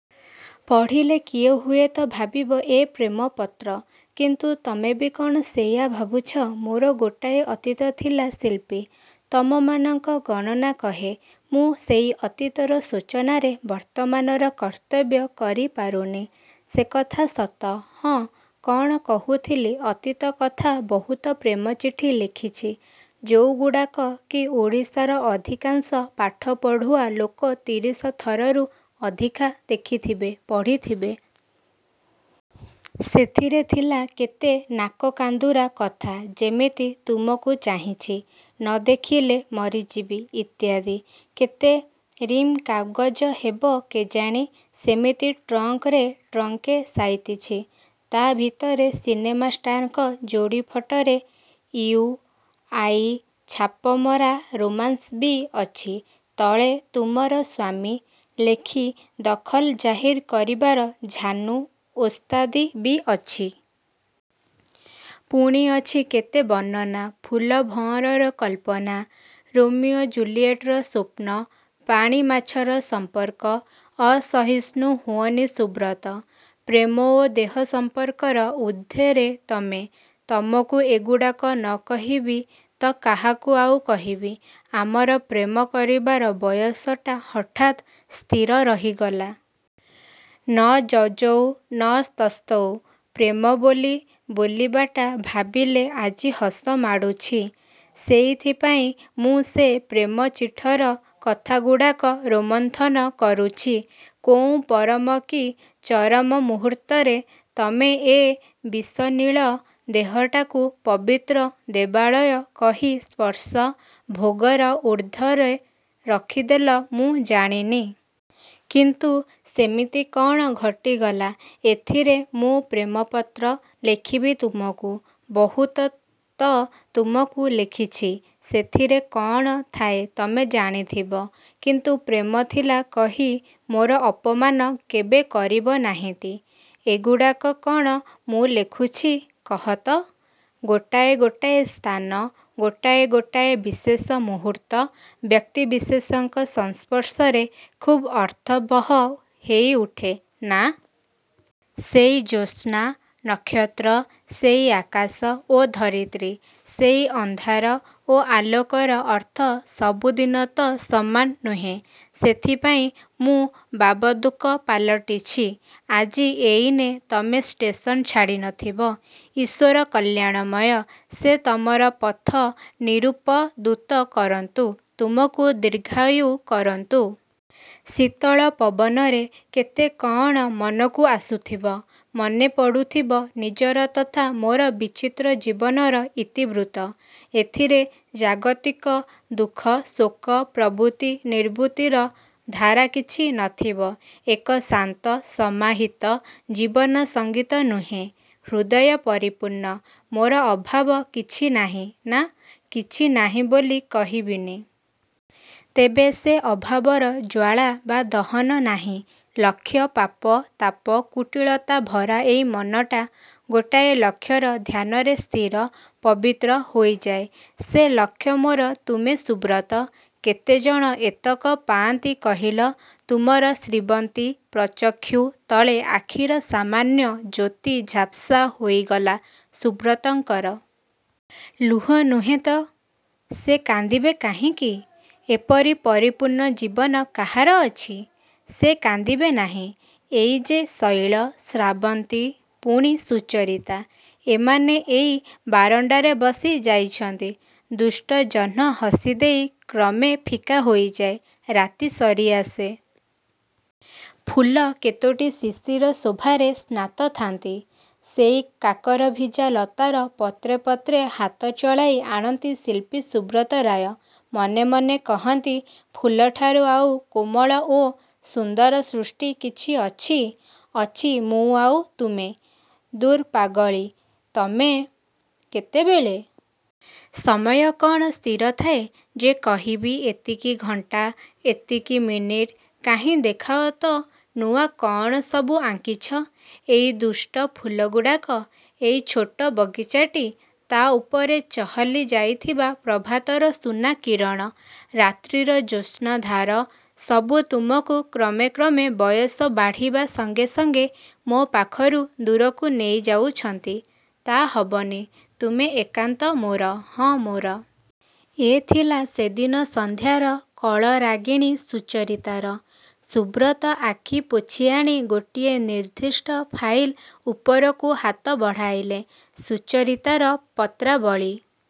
" ପଢ଼ିଲେ କିଏ ହୁଏତ ଭାବିବ ଏ ପ୍ରେମ-ପତ୍ର; କିନ୍ତୁ ତମେ ବି କ'ଣ ସେଇଆ ଭାବୁଛ? ମୋର ଗୋଟାଏ ଅତୀତ ଥିଲା ଶିଳ୍ପି! ତମମାନଙ୍କ ଗଣନା କହେ,। ମୁଁ ସେଇ ଅତୀତର ଶୋଚନାରେ ବର୍ତ୍ତମାନର କର୍ତ୍ତବ୍ୟ କରିପାରୁନି। ସେ କଥା ସତ। ହଁ, କ'ଣ କହୁଥିଲି ଅତୀତ କଥା-ବହୁତ ପ୍ରେମଚିଠି ଲେଖିଛି, ଯୋଉଗୁଡ଼ାକ କି ଓଡ଼ିଶାର ଅଧିକାଂଶ ପାଠପଢ଼ୁଆ ଲୋକ ତିରିଶ ଥରରୁ ଅଧିକା ଦେଖିଥିବେ, ପଢ଼ିଥିବେ। ସେଥିରେ ଥିଲା କେତେ ନାକକାନ୍ଦୁରା କଥା-ଯେମିତି- ତୁମକୁ ଚାହିଁଛି, ନ ଦେଖିଲେ ମରିଯିବି- ଇତ୍ୟାଦି। କେତେ ରିମ୍ କାଗଜ ହେବ କେଜାଣି-ସେମିତି ଟ୍ରଙ୍କରେ ଟ୍ରଙ୍କେ ସାଇତିଛି। ତା ଭିତରେ ସିନେମା ଷ୍ଟାରଙ୍କ ଯୋଡ଼ି ଫଟରେ 'ଇଉ', 'ଆଇ' ଛାପମରା ରୋମାନ୍ସ ବି ଅଛି। ତଳେ 'ତୁମର ସ୍ୱାମୀ' ଲେଖି ଦଖଲ ଜାହିର କରିବାର ଝାନୁ ଓସ୍ତାଦି ବି ଅଛି। ପୁଣି ଅଛି କେତେ ବର୍ଣ୍ଣନା, ଫୁଲ-ଭଅଁରର କଳ୍ପନା, ରୋମିଓ-ଜୁଲିଏଟର ସ୍ୱପ୍ନ-ପାଣି ମାଛର ସମ୍ପର୍କ। ଅସହିଷ୍ଣୁ ହୁଅନି ସୁବ୍ରତ! ପ୍ରେମ ଓ ଦେହ ସଂପର୍କର ଊର୍ଦ୍ଧ୍ଵେରେ ତମେ, ତମକୁ ଏଗୁଡ଼ାକ ନ କହିବି ତ କାହାକୁ ଆଉ କହିବି? ଆମର ପ୍ରେମ କରିବାର ବୟସଟା ହଠାତ୍ ସ୍ଥିର ରହିଗଲା। ନ ଯଯୌ ନ ତସ୍ଥୌ- ପ୍ରେମ ବୋଲି ବୋଲିବାଟା ଭାବିଲେ ଆଜି ହସ ମାଡ଼ୁଛି। ସେଇଥିପାଇଁ ମୁଁ ସେ ପ୍ରେମ-ଚିଠର କଥାଗୁଡ଼ାକ ରୋମନ୍ଥନ କରୁଛି। କୋଉ ପରମକି ଚରମ ମୁହୂର୍ତ୍ତରେ ତମେ ଏ ବିଷନୀଳ, ଦେହଟାକୁ ପବିତ୍ର ଦେବାଳୟ କହି ସ୍ପର୍ଶ, ଭୋଗର ଊର୍ଦ୍ଧ୍ୱରେ ରଖିଦେଲ ମୁଁ ଜାଣିନି। କିନ୍ତୁ ସେମିତି କଅଣ ଘଟିଗଲା। ଏଥିରେ ମୁଁ ପ୍ରେମପତ୍ର ଲେଖିବି ତୁମକୁ? ବହୁତ ତ ତୁମକୁ ଲେଖିଛି-ସେଥିରେ କଅଣ ଥାଏ ତମେ ଜାଣିଥିବ; କିନ୍ତୁ ପ୍ରେମ ଥିଲା କହି ମୋର ଅପମାନ କେବେ କରିବନାହିଁଟି? ଏଗୁଡ଼ାକ କଅଣ ମୁଁ ଲେଖୁଛି କହତ? ଗୋଟାଏ ଗୋଟାଏ ସ୍ଥାନ, ଗୋଟାଏ ଗୋଟାଏ ବିଶେଷ ମୁହୂର୍ତ୍ତ, ବ୍ୟକ୍ତିବିଶେଷଙ୍କ ସଂସ୍ପର୍ଶରେ ଖୁବ୍ ଅର୍ଥବହ ହେଇଉଠେ-ନା? ସେଇ ଜ୍ୟୋତ୍ସ୍ନା, ନକ୍ଷତ୍ର, ସେଇ ଆକାଶ ଓ ଧରିତ୍ରୀ, ସେଇ ଅନ୍ଧାର ଓ ଆଲୋକର ଅର୍ଥ ସବୁଦିନ ତ ସମାନ ନୁହେଁ। ସେଥିପାଇଁ ମୁଁ ବାବଦୂକ ପାଲଟିଛି। ଆଜି ଏଇନେ ତମେ ଷ୍ଟେସନ ଛାଡ଼ିନଥିବ। ଈଶ୍ୱର କଲ୍ୟାଣମୟ। ସେ ତମର ପଥ ନିରୁପଦୁତ କରନ୍ତୁ। ତୁମକୁ ଦୀର୍ଘାୟୁ କରନ୍ତୁ। ଶୀତଳ ପବନରେ କେତେ କଅଣ ମନକୁ ଆସୁଥିବ-। ମନେ ପଡ଼ୁଥିବ ନିଜର ତଥା ମୋର ବିଚିତ୍ର ଜୀବନର ଇତିବୃତ୍ତ। ଏଥିରେ ଜାଗତିକ ଦୁଃଖ ଶୋକ ପ୍ରବୃତ୍ତି ନିବୃତ୍ତିର ଧାରା କିଛି ନଥିବ। ଏକ ଶାନ୍ତ ସମାହିତ ଜୀବନ-ସଙ୍ଗୀତ ନୁହେଁ? ହୃଦୟ ପରିପୂର୍ଣ୍ଣ। ମୋର ଅଭାବ କିଛି ନାହିଁ-ନା, କିଛି ନାହିଁ ବୋଲି କହିବିନି। ତେବେ ସେ ଅଭାବର ଜ୍ଵାଳା ବା ଦହନ ନାହିଁ। ଲକ୍ଷ୍ୟ ପାପ ତାପ, କୁଟିଳତାଭରା ଏଇ ମନଟା ଗୋଟାଏ ଲକ୍ଷ୍ୟର ଧ୍ୟାନରେ ସ୍ଥିର, ପବିତ୍ର ହୋଇଯାଏ। ସେ ଲକ୍ଷ୍ୟ ମୋର ତୁମେ ସୁବ୍ରତ! କେତେଜଣ ଏତକ ପାଆନ୍ତି କହିଲ? ତୁମର ଶ୍ରୀବନ୍ତୀ ପ୍ରଚକ୍ଷୁ ତଳେ ଆଖିର ସାମାନ୍ୟ ଜ୍ୟୋତି ଝାପସା ହୋଇଗଲା ସୁବ୍ରତଙ୍କର। ଲୁହ ନୁହେଁ ତ? ସେ କାନ୍ଦିବେ କାହିଁକି? ଏପରି ପରିପୂର୍ଣ୍ଣ ଜୀବନ କାହାର ଅଛି? ସେ କାନ୍ଦିବେ ନାହିଁ। ଏଇ ଯେ ଶୈଳ, ଶ୍ରାବନ୍ତୀ, ପୁଣି ସୁଚରିତା- ଏମାନେ ଏଇ ବାରଣ୍ଡାରେ ବସି ଯାଇଛନ୍ତି। ଦୁଷ୍ଟ ଜହ୍ନ ହସିଦେଇ କ୍ରମେ ଫିକା ହୋଇଯାଏ। ରାତି ସରିଆସେ। ଫୁଲ କେତୋଟି ଶିଶିର ଶୋଭାରେ ସ୍ନାତ ଥାନ୍ତି। ସେଇ କାକରଭିଜା ଲତାର ପତ୍ରେ ପତ୍ରେ ହାତ ଚଳାଇ ଆଣନ୍ତି ଶିଳ୍ପୀ ସୁବ୍ରତ ରାୟ। ମନେ ମନେ କହନ୍ତି-ଫୁଲଠାରୁ ଆଉ କୋମଳ ଓ ସୁନ୍ଦର ସୃଷ୍ଟି କିଛି ଅଛି? -'ଅଛି, ମୁଁ ଆଉ ତୁମେ- '-ଦୂର୍ ପାଗଳୀ, ତମେ କେତେବେଳେ? '-ସମୟ କଅଣ ସ୍ଥିର ଥାଏ ଯେ କହିବି ଏତିକି ଘଣ୍ଟା ଏତିକି ମିନିଟ୍, କାହିଁ ଦେଖାଅ ତ ନୂଆ କଅଣ ସବୁ ଆଙ୍କିଛ? ଏଇ ଦୁଷ୍ଟ ଫୁଲଗୁଡ଼ାକ, ଏଇ ଛୋଟ ବଗିଚାଟି, ତା ଉପରେ ଚହଲି ଯାଇଥିବା ପ୍ରଭାତର ସୁନା କିରଣ, ରାତ୍ରିର ଜ୍ୟୋତ୍ସ୍ନଧାର, ସବୁ ତୁମକୁ କ୍ରମେ କ୍ରମେ ବୟସ ବାଢ଼ିବା ସଙ୍ଗେ ସଙ୍ଗେ ମୋ ପାଖରୁ ଦୂରକୁ ନେଇଯାଉଛନ୍ତି- ତା' ହବନି- ତୁମେ ଏକାନ୍ତ ମୋର-ହଁ ମୋର-। ଏ ଥିଲା ସେଦିନ ସଂଧ୍ୟାର କଳରାଗିଣୀ ସୁଚରିତାର। ସୁବ୍ରତ ଆଖି ପୋଛିଆଣି ଗୋଟିଏ ନିର୍ଦ୍ଦିଷ୍ଟ ଫାଇଲ୍ ଉପରକୁ ହାତ ବଢ଼ାଇଲେ। ସୁଚରିତାର ପତ୍ରାବଳୀ।